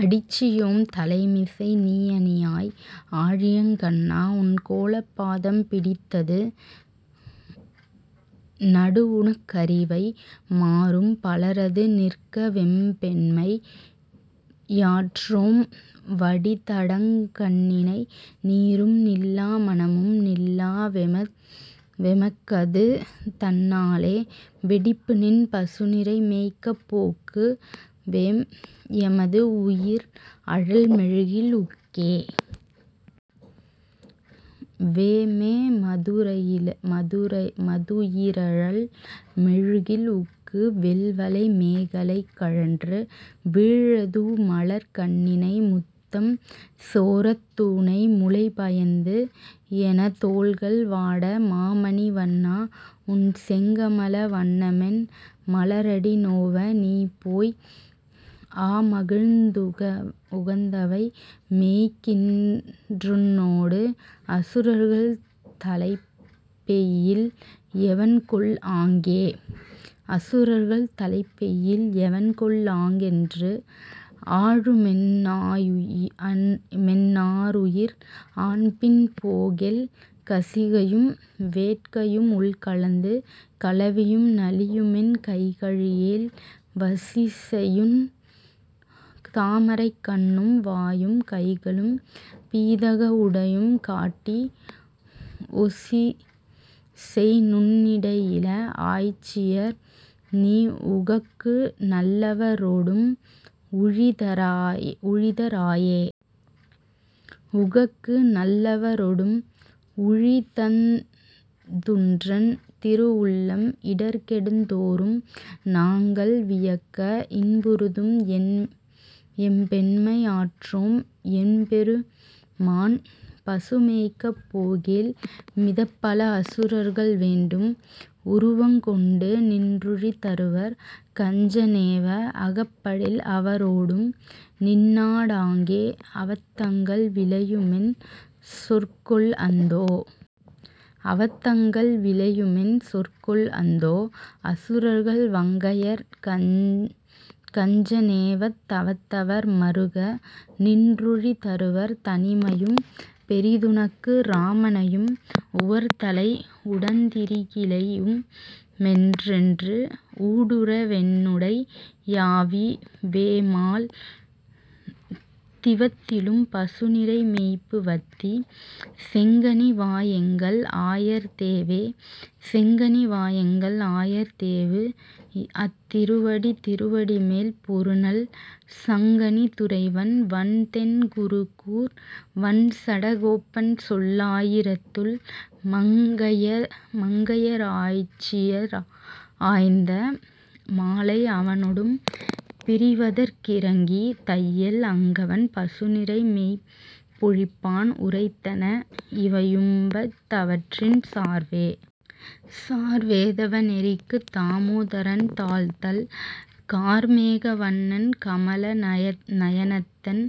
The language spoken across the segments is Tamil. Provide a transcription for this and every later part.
அடிச்சி யோம்தலை மிசைநீ யணியாய்। ஆழியங் கண்ணா. உன் கோலப் பாதம் பிடித்தது நடுவுனக் கரிவை மாரும் பலரது நிற்கவெம் பெண்மை யாற்றோம் வடித்தடங் கண்ணிணை நீரும் நில்லா மனமும்நில் லாவெமக் கதுதன் னாலே வெடிப்புநின் பசு நிரை மேய்க்கப் போக்கு வேம் எமது உயிர் அழல் மெழுகில் உக்கே.. வேமெம துயிரழல் மெழுகில் உக்கு வெள்வளை மேகலை கழன்று வீழ தூமலர்க் கண்ணிணை முத்தம் சோரத் தூணைமுலை பயந்து என தோள்கள் வாட மாமணி வண்ணா உன்செங்கமல வண்ணமென் மலரடி நோவ நீபோய் ஆமகிழ்ந் துகந்தவை மேய்க்கின் றுன்னோடு அசுரர்கள் தலைப்பெய்யில் எவன்கொல் ஆங்கே?. அசுரர்கள் தலைப்பெய்யில் எவன்கொ லாங்கென்று ஆழுமென் னாருயிர் ஆன்பின் போகேல் கசிகையும் வேட்கையும் உள்க லந்து கலவியும் நலியுமென் கைகழி யேல் வசிசெயுன் தாமரைக் கண்ணும் வாயும் கைகளும் பீதக வுடையும் காட்டி ஒசிசெய்நுண் ணிடையிள ஆய்ச்சி யர்நீ உகக்குநல் லவரொடும் உழித ராயே.. உகக்குநல் லவரொடும் உழிதந் துன்றன் திருவுள்ளம் இடர்கெடுந் தோறும் நாங்கள் வியக்க இன்புறுதும் எம்பெண்மை யாற்றோம் எம்பெரு மான். பசு மேய்க்கப் போகேல் மிதப்பல அசுரர்கள் வேண்டும் உருவங் கொண்டுநின் றுழிதருவர் கஞ்ச னேவ அகப்படில் அவரொடும் நின்னொ டாங்கே அவத்தங்கள் விளையுமென் சொற்கொள் அந்தோ.. அவத்தங்கள் விளையுமென் சொற்கொள் அந்தோ. அசுரர்கள் வங்கையர் கஞ்ச னேவத் தவத்தவர் மறுக நின்றுழி தருவர் தனிமையும் பெரிதுனக்கு இராமனையும் உவர்த்தலை உடந்திரி கிலையு மென்றென்று ஊடுற வென்னுடை யாவிவேமால் திவத்திலும் பசுநிரை மேய்ப்பு வத்தி செங்கனி வாயெங்கள் ஆயர் தேவே.. செங்கனி வாயெங்கள் ஆயர் தேவு அத்திருவடி திருவடி மேல் பொ ருநல் சங்கணி துறைவன் வண்தென் குருகூர் வண்சட கோபன்சொல் லாயி ரத்துள் மங்கைய ராய்ச்சிய ராய்ந்த மாலை அவனொடும் பிரிவதற் கிரங்கி தையல் அங்கவன் பசுநிரை மேய்ப்பொ ழிப்பான் உரைத்தன இவையும்பத் தவற்றின் சார்வே. சார்வேதவ நெறிக்குத் தாமோதரன் தாள்தள், கார்மேக வண்ணன் கமல நயனத்தன்,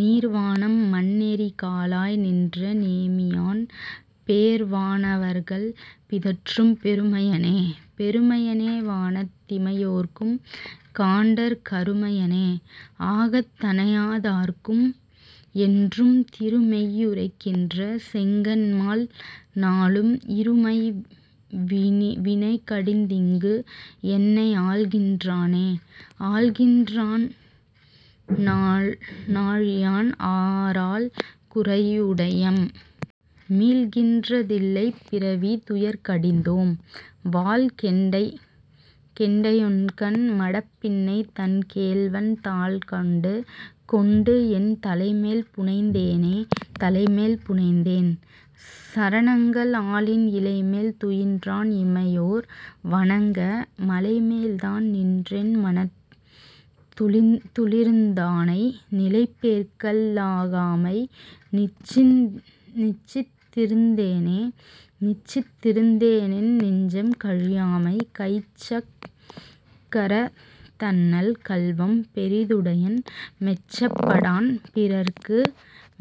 நீர்வானம் மண்ணெரிகா லாய்நின்ற நேமியான், பேர்வா னவர்கள் பிதற்றும் பெருமையனே.. பெருமையனே வானத் திமையோர்க்கும் காண்டற் கருமையனே ஆகத் தணையாதார்க்கு என்றும் திருமெய் யுறைகின்ற செங்கண்மால் நாளும் இருமை வினைகடிந்திங்கு என்னையாள் கின்றானே.. ஆள்கின்றா னாழியான் ஆரால் குறைவுடையம்? மீள்கின்ற தில்லைப் பிறவித் துயர்கடிந்தோம், வாள்கெண்டையொண்கண் மடப்பின்னை தன் கேள்வன், தாள்கண்டு கொண்டு என் தலைமேல் புனைந்தேனே.. தலைமேல் புனைந்தேன் சரணங்கள் ஆலின் இலைமேல் துயின்றான் இமையோர் வணங்க மலைமேல்தான் நின்றென் மனத்து ளிருந்தானை நிலைபேர்க்க லாகாமை நிச்சித் திருந்தேனே.. நிச்சித் திருந்தேனென் நெஞ்சம் கழியாமை கைச்சக் கரத்தண்ணல் கள்வம் பெரிதுடையன் மெச்சப் படான்பிறர்க்கு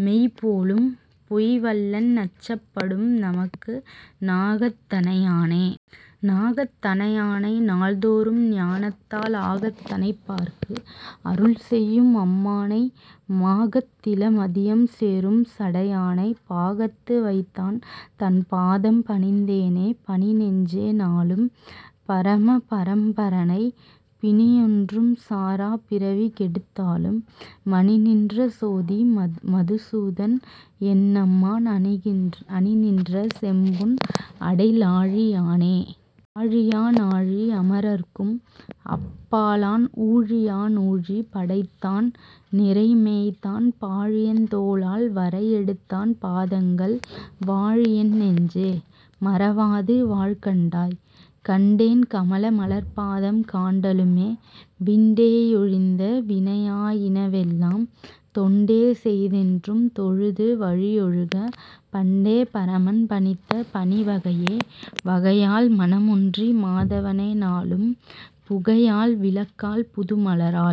மெய்போலும் பொய்வல்லன் நச்சப் படும்நமக்கு நாகத் தணையானே.. நாகத் தணையானை நாள்தோறும் ஞானத்தால் ஆகத் தணைப்பார்க்கு அருள்செய்யும் அம்மானை மாகத் திள மதியம் சேரும் சடையானை பாகத்து வைத்தான் தன் பாதம் பணிந்தேனே.. பணிநெஞ்சே. நாளும் பரம பரம்பரனை பிணியொன்றும் சாரா பிறவி கெடுத்தாளும் மணிநின்ற சோதி மதுசூதன் என்னம்மான் அணிநின்ற செம்பொன் அடலாழி யானே.. ஆழியா னாழி யமரர்க்கும் அப்பாலான் ஊழியா னூழி படைத்தான் நிரைமேய்த்தான் பாழியந் தோளால் வரையெடுத்தான் பாதங்கள் வாழியென் நெஞ்சே. மறவாது வாழ்கண்டாய்.. கண்டேன் கமல மலர்ப்பாதம் காண்டலுமே விண்டே யொழிந்த வினையா யினவெல்லாம் தொண்டேசெய் தென்றும் தொழுது வழியொழுக பண்டே பரமன் பணித்த பணிவகையே.. வகையால் மனமொன்றி மாதவனை நாளும் புகையால் விளக்கால் புதுமலரால்